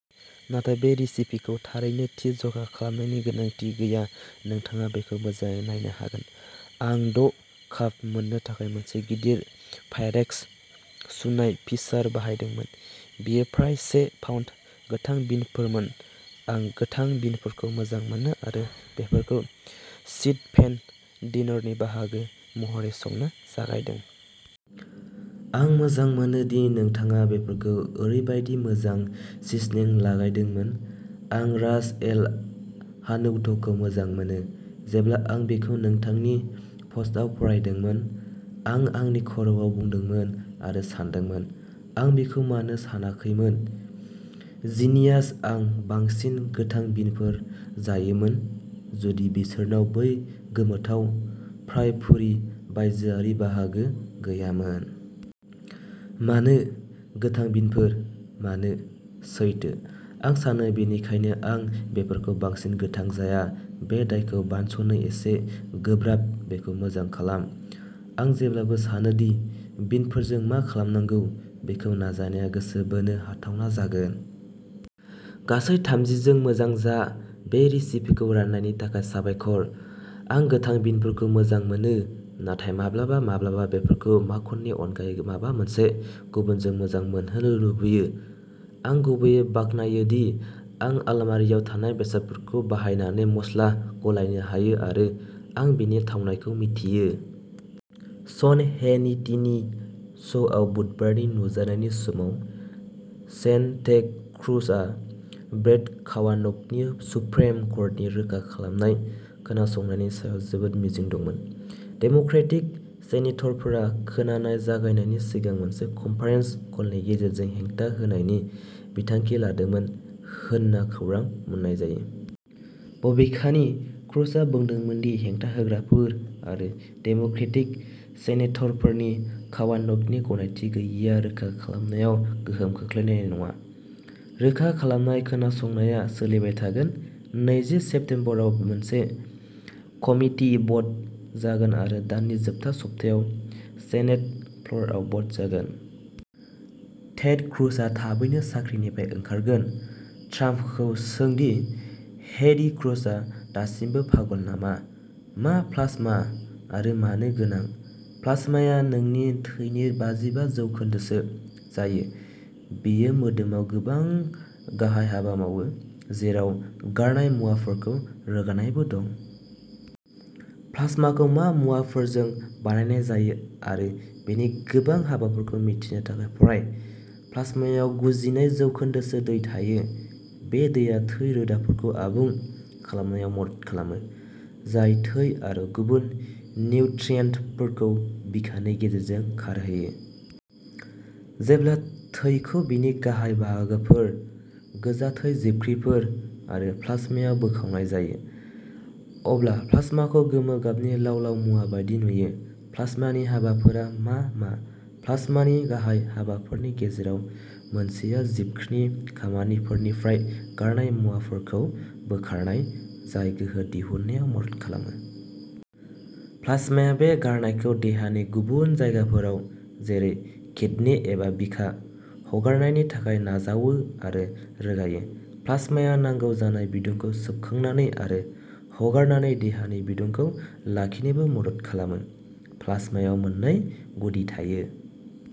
नाथाय बे रेसिपिखौ थारैनो थि जखा खालामनायनि गोनांथि गैया नोंथाङा बेखौ मोजाङै नायनो हागोन। आं द' काप मोननो थाखाय मोनसे गिदिर पाइरेक्स सुनाय पिचार बाहायदोंमोन, बेयो फ्राय से पाउन्द गोथां बिनफोरमोन। आं गोथां बिनफोरखौ मोजां मोनो आरो बेफोरखौ शीट पेन डिनरनि बाहागो महरै संनो जागायदों। आं मोजां मोनो दि नोंथाङा बेफोरखौ ओरैबायदि मोजां सिजनिं लागायदोंमोन। आं रास एल हानौतखौ मोजां मोनो। जेब्ला आं बेखौ नोंथांनि पस्टआव फरायदोंमोन, आं आंनि खर'आव बुदोंमोन आरो सानदोंमोन, आं बेखौ मानो सानाखैमोन? जिनियास आं बांसिन गोथां बिनफोर जायोमोन जुदि बिसोरनाव बै गोमोथाव, फ्राय फुर्रि बायजोआरि बाहागो गैयामोन। मानो, गोथां बिनफोर, मानो? सैथो। आं सानो बेनिखायनो आं बेफोरखौ बांसिन गोथां जाया बे दायखौ बानस'नो एसे गोब्राब बेखौ मोजां खालाम, आं जेब्लाबो सानो दि बिनफोरजों मा खालामनांगौ, बेखौ नाजानाया गोसो बोनो हाथावना जागोन। गासै थामजि जों मोजां जा। बे रेसिपिखौ राननायनि थाखाय साबायखर। आं गोथां बिनफोरखौ मोजां मोनो, नाथाय माब्लाबा-माब्लाबा बेफोरखौ माखननि अनगायै माबा मोनसे गुबुनजों मोजां मोनहोनो लुबैयो। आं गुबैयै बाख्नायो दि आं आलमारिआव थानाय बेसादफोरखौ बाहायनानै मस्ला गलायनो हायो आरो आं बेनि थावनायखौ मिथियो। शन हेनिटिनि श'आव बुधबारनि नुजानायनि समाव, सेन टेड क्रुज आ ब्रेट कावान'गनि सुप्रिम कर्टनि रोखा खालामनाय खोनासंनायनि सायाव जोबोद मिजिं दंमोन। डेम'क्रेटिक सेनेटरफोरा खोनानाय जागायनायनि सिगां मोनसे कनफारेन्स कलनि गेजेरजों हेंथा होनायनि बिथांखि लादोंमोन होन्ना खौरां मोन्नाय जायो। बबेखानि, क्रुजआ बुंदोंमोन दि हेंथा होग्राफोर आरो डेम'क्रेटिक सेनेटरफोरनि कावान'गनि गनायथि गैयैआ रोखा खालामनायाव गोहोम खोख्लैनाय नङा। रोखा खालामनाय खोनासंनाया सोलिबाय थागोन, नैजि सेप्तेम्बराव मोनसे कमिटि भ'ट जागोन आरो दाननि जोबथा सप्तायाव सेनेट फ्ल'रआव भ'ट जागोन। टेड क्रुजआ थाबैनो साख्रिनिफ्राय ओंखारगोन। ट्राम्पखौ सों दि हेइडी क्रुजआ दासिमबो पागल नामा, मा प्लाज्मा आरो मानो गोनां? प्लाज्माया नोंनि थैनि बाजिबा जौखोन्दोसो जायो। बेयो मोदोमाव गोबां गाहाय हाबा मावो, जेराव गारनाय मुवाफोरखौ रोगानायबो दं। प्लाज्माखौ मा मुवाफोरजों बानायनाय जायो आरो बेनि गोबां हाबाफोरखौ मिथिनो थाखाय फराय। प्लाज्मायाव गुजिनै जौखोन्दोसो दै थायो। बे दैया थै रोदाफोरखौ आबुं खालामनायाव मदद खालामो, जाय थै आरो गुबुन निउट्रियान्टफोरखौ बिखानि गेजेरजों खारहोयो। जेब्ला थैखौ बेनि गाहाय बाहागोफोर, गोजा थै जिबख्रिफोर आरो प्लाज्मायाव बोखावनाय जायो, अब्ला प्लाज्माखौ गोमो गाबनि लाव-लाव मुवा बायदि नुयो। प्लाजमानि हाबाफोरा मा मा? प्लाजमानि गाहाय हाबाफोरनि गेजेराव मोनसेआ जिबख्रिनि खामानिफोरनिफ्राय गारनाय मुवाफोरखौ बोखारनाय, जाय गोहो दिहुन्नायाव मदद खालामो। प्लाज्माया बे गारनायखौ देहानि गुबुन जायगाफोराव, जेरै किडनि एबा बिखा, हगारनायनि थाखाय नाजावो आरो रोगायो। प्लाज्माया नांगौ जानाय बिदुंखौ सोबखांनानै आरो हगारनानै देहानि बिदुंखौ लाखिनोबो मदद खालामो। प्लाज्मायाव मोननै गुदि थायो।